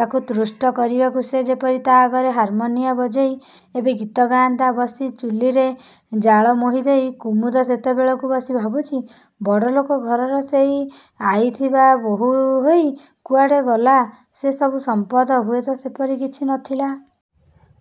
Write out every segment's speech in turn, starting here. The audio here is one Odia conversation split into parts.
ତାକୁ ତୁଷ୍ଟ କରିବାକୁ ସେ ଯେପରି ତା ଆଗରେ ହାରମାନିଆ ବଜେଇ ଏବେ ଗୀତ ଗାଆନ୍ତା ବସି ଚୁଲିରେ ଜାଳ ମୋହିଁଦେଇ କୁମୁଦ ସେତେବେଳକୁ ବସି ଭାବୁଚି–ବଡ଼ଲୋକ ଘରକୁ ସେ ଆଇଥିଲା ବୋହୂହେଇ... କୁଆଡ଼େ ଗଲା ସେ ସବୁ ସଂପଦ... ହୁଏ ତ ସେପରି କିଛି ନ ଥିଲା...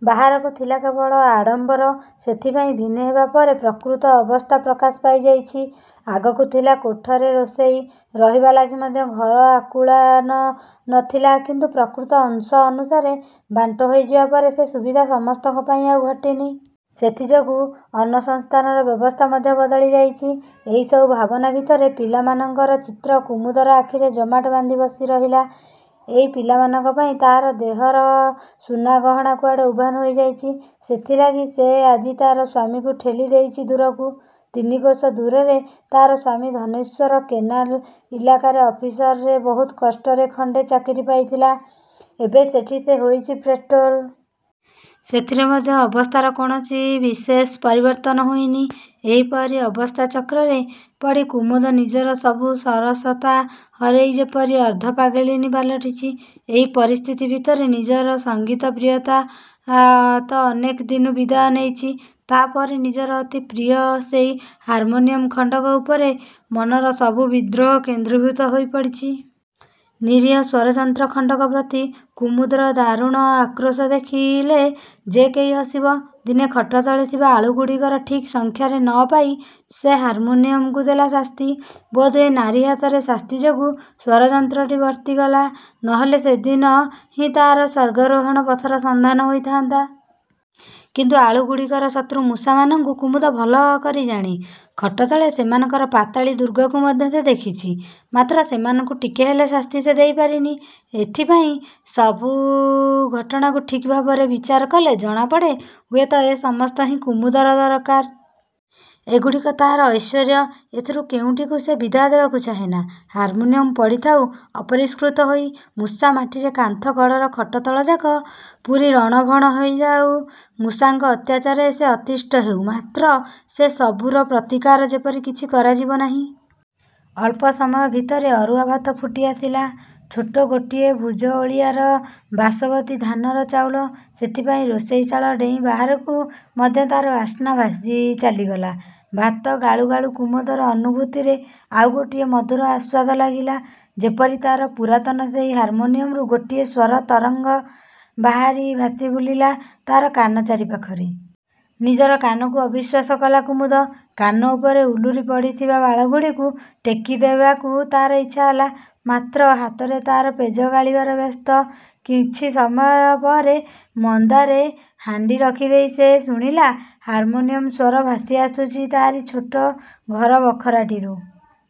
ବାହାରକୁ ଥିଲା କେବଳ ଆଡ଼ମ୍ବର ସେଥିପାଇଁ ଭିନେହବା ପରେ ପ୍ରକୃତ ଅବସ୍ଥା ପ୍ରକାଶ ପାଇଯାଇଚି। ଆଗରୁ ଥିଲା କୋଠରେ ରୋଷେଇ... ରହିବା ଲାଗି ମଧ୍ୟ ଘର ଅକୁଳାନ ନ ଥିଲା; କିନ୍ତୁ ପ୍ରକୃତ ଅଂଶ ଅନୁସାରେ ବାଣ୍ଟ ହୋଇଯିବା ପରେ ସେ ସୁବିଧା ସମସ୍ତଙ୍କ ପାଇଁ ଆଉ ଘଟିନି। ସେଥିଯୋଗୁ ଅନ୍ନସଂସ୍ଥାନର ବ୍ୟବସ୍ଥା ମଧ୍ୟ ବଦଳି ଯାଇଚି। ଏଇସବୁ ଭାବନା ଭିତରେ ପିଲାମାନଙ୍କର ଚିତ୍ର କୁମୁଦର ଆଖିରେ ଜମାଟ ବାନ୍ଧି ବସିରହିଲା। ଏଇ ପିଲାମାନଙ୍କ ପାଇଁ ତାର ଦେହକ ସୁନାଗହଣା କୁଆଡ଼େ ଉଭାନ୍ ହୋଇଯାଇଚି-। ସେଥିଲାଗି ସେ ଆଜି ତାର ସ୍ଵାମୀକୁ ଠେଲିଦେଇଚି ଦୂରକୁ। ତିନିକୋଶ ଦୂରରେ ତାର ସ୍ଵାମୀ ଧନେଶ୍ଵର କେନାଲ ଇଲାକାର ଅଫିସରେ ବହୁ କଷ୍ଟରେ ଖଣ୍ଡେ ଚାକରି ପାଇଥିଲା–ଏବେ ସେଠି ସେ ହେଇଚି ପେଟ୍ରୋଲ୍। ସେଥିରେ ମଧ୍ୟ ଅବସ୍ଥାର କୌଣସି ବିଶେଷ ପରିବର୍ତ୍ତନ ହେଇନି-। ଏହିପରି ଅବସ୍ଥାଚକ୍ରରେ ପଡ଼ି କୁମୁଦ ନିଜର ସବୁ ସରସତା ହରେଇ ଯେପରି ଅର୍ଦ୍ଧପାଗଳିନୀ ପାଲଟିଛି। ଏଇ ପରିସ୍ଥିତି ଭିତରେ ନିଜର ସଙ୍ଗୀତପ୍ରିୟତା ତ ଅନେକ ଦିନୁ ବିଦାୟ ନେଇଚି, ତା ପରେ ନିଜର ଅତି ପ୍ରିୟ ସେଇ ହାରମୋନିୟମ ଖଣ୍ଡକ ଉପରେ ମନର ସବୁ ବିଦ୍ରୋହ କେନ୍ଦ୍ରୀଭୂତ ହେଇ ପଡ଼ିଚି। ନିରୀହ ସ୍ଵରଯନ୍ତ୍ର ଖଣ୍ଡକ ପ୍ରତି କୁମୁଦର ଦାରୁଣ ଆକ୍ରୋଶ ଦେଖିଲେ ଯେ କେହି ହସିବ। ଦିନେ ଖଟତଳେ ଥିବା ଆଳୁଗୁଡ଼ିକ ଠିକ୍ ସଂଖ୍ୟାରେ ନ ପାଇ ସେ ହାରମୋନିୟମକୁ ଦେଲା ଶାସ୍ତି। ବୋଧହୁଏ ନାରୀ ହାତରେ ଶାସ୍ତି ଯୋଗୁଁ ସ୍ଵରଯନ୍ତ୍ରଟି ବର୍ତ୍ତିଗଲା, ନ ହେଲେ ସେହିଦିନ ହିଁ ତାହା ସ୍ଵର୍ଗାରୋହଣୀ ପଥର ସନ୍ଧାନ ନେଇଥାନ୍ତା। କିନ୍ତୁ ଆଳୁଗୁଡ଼ିକର ଶତ୍ରୁ ମୂଷାମାନଙ୍କୁ କୁମୁଦ ଭଲ କରି ଜାଣେ; ଖଟତଳେ ସେମାନଙ୍କର ପାତାଳୀ ଦୁର୍ଗକୁ ମଧ୍ୟ ସେ ଦେଖିଚି। ମାତ୍ର ସେମାନଙ୍କୁ ଟିକେ ହେଲେ ଶାସ୍ତି ସେ ଦେଇ ପାରିନି। ଏଥିପାଇଁ ଏସବୁ ଘଟଣାକୁ ଠିକ୍ ଭାବରେ ବିଚାର କଲେ ଜଣାପଡ଼େ, ହୁଏ ତ ଏ ସମସ୍ତ ହିଁ କୁମୁଦର ଦରକାର। ଏଗୁଡ଼ିକ ତାର ଐଶ୍ୱର୍ଯ୍ୟ। ଏଥିରୁ କେଉଁଟିକୁ ସେ ବିଦାୟ ଦେବାକୁ ଚାହେଁନା। ହାରମୋନିୟମ ପଡ଼ିଥାଉ ଅପରିଷ୍କୃତ ହେଇ, ମୂଷାମାଟିରେ କାନ୍ଥ କଡ଼ର ଖଟତଳଯାକ ପୂରି ରଣଭଣ ହେଉଥାଉ, ମୂଷାଙ୍କ ଅତ୍ୟାଚାରରେ ସେ ଅତିଷ୍ଠ ହେଉ, ମାତ୍ର ସେ ସବୁର ପ୍ରତିକାର ଯେପରି କିଛି କରାଯିବ ନାହିଁ। ଅଳ୍ପ ସମୟ ଭିତରେ ଅରୁଆ ଭାତ ଫୁଟି ଆସିଲା। ଛୋଟ ଗୋଟିଏ ଭୂଜଓଳିଆର ବାସବତୀ ଧାନର ଚାଉଳ। ସେଥିପାଇଁ ରୋଷେଇଶାଳ ଡେଇଁ ବାହାରକୁ ମଧ୍ୟ ତାର ବାସ୍ନା ଭାସି ଚାଲିଗଲା। ଭାତ ଗାଳୁଗାଳୁ କୁମୁଦର ଅନୁଭୂତିରେ ଆଉ ଗୋଟିଏ ମଧୁର ଆସ୍ୱାଦ ଲାଗିଲା। ଯେପରି ତାର ପୁରାତନ ସେଇ ହାରମୋନିୟମରୁ ଗୋଟିଏ ସ୍ଵର ତରଙ୍ଗ ବାହାରି ଭାସିବୁଲିଲା ତାର କାନ ଚାରିପାଖରେ। ନିଜର କାନକୁ ଅବିଶ୍ୱାସ କଲା କୁମୁଦ। କାନ ଉପରେ ଉଲୁରି ପଡ଼ିଥିବା ବାଳଗୁଡ଼ାକୁ ଟେକିଦେବାକୁ ତାର ଇଚ୍ଛାହେଲା। ମାତ୍ର ହାତ ତାର ପେଜ ଗାଳିବାରେ ବ୍ୟସ୍ତ। କିଛି ସମୟପରେ ମନ୍ଦାରେ ହାଣ୍ଡି ରଖିଦେଇ ସେ ଶୁଣିଲା, ହାରମୋନିୟମ ସ୍ଵର ଭାସି ଆସୁଚି ତାରି ଛୋଟ ଘର ବଖରାଟିରୁ।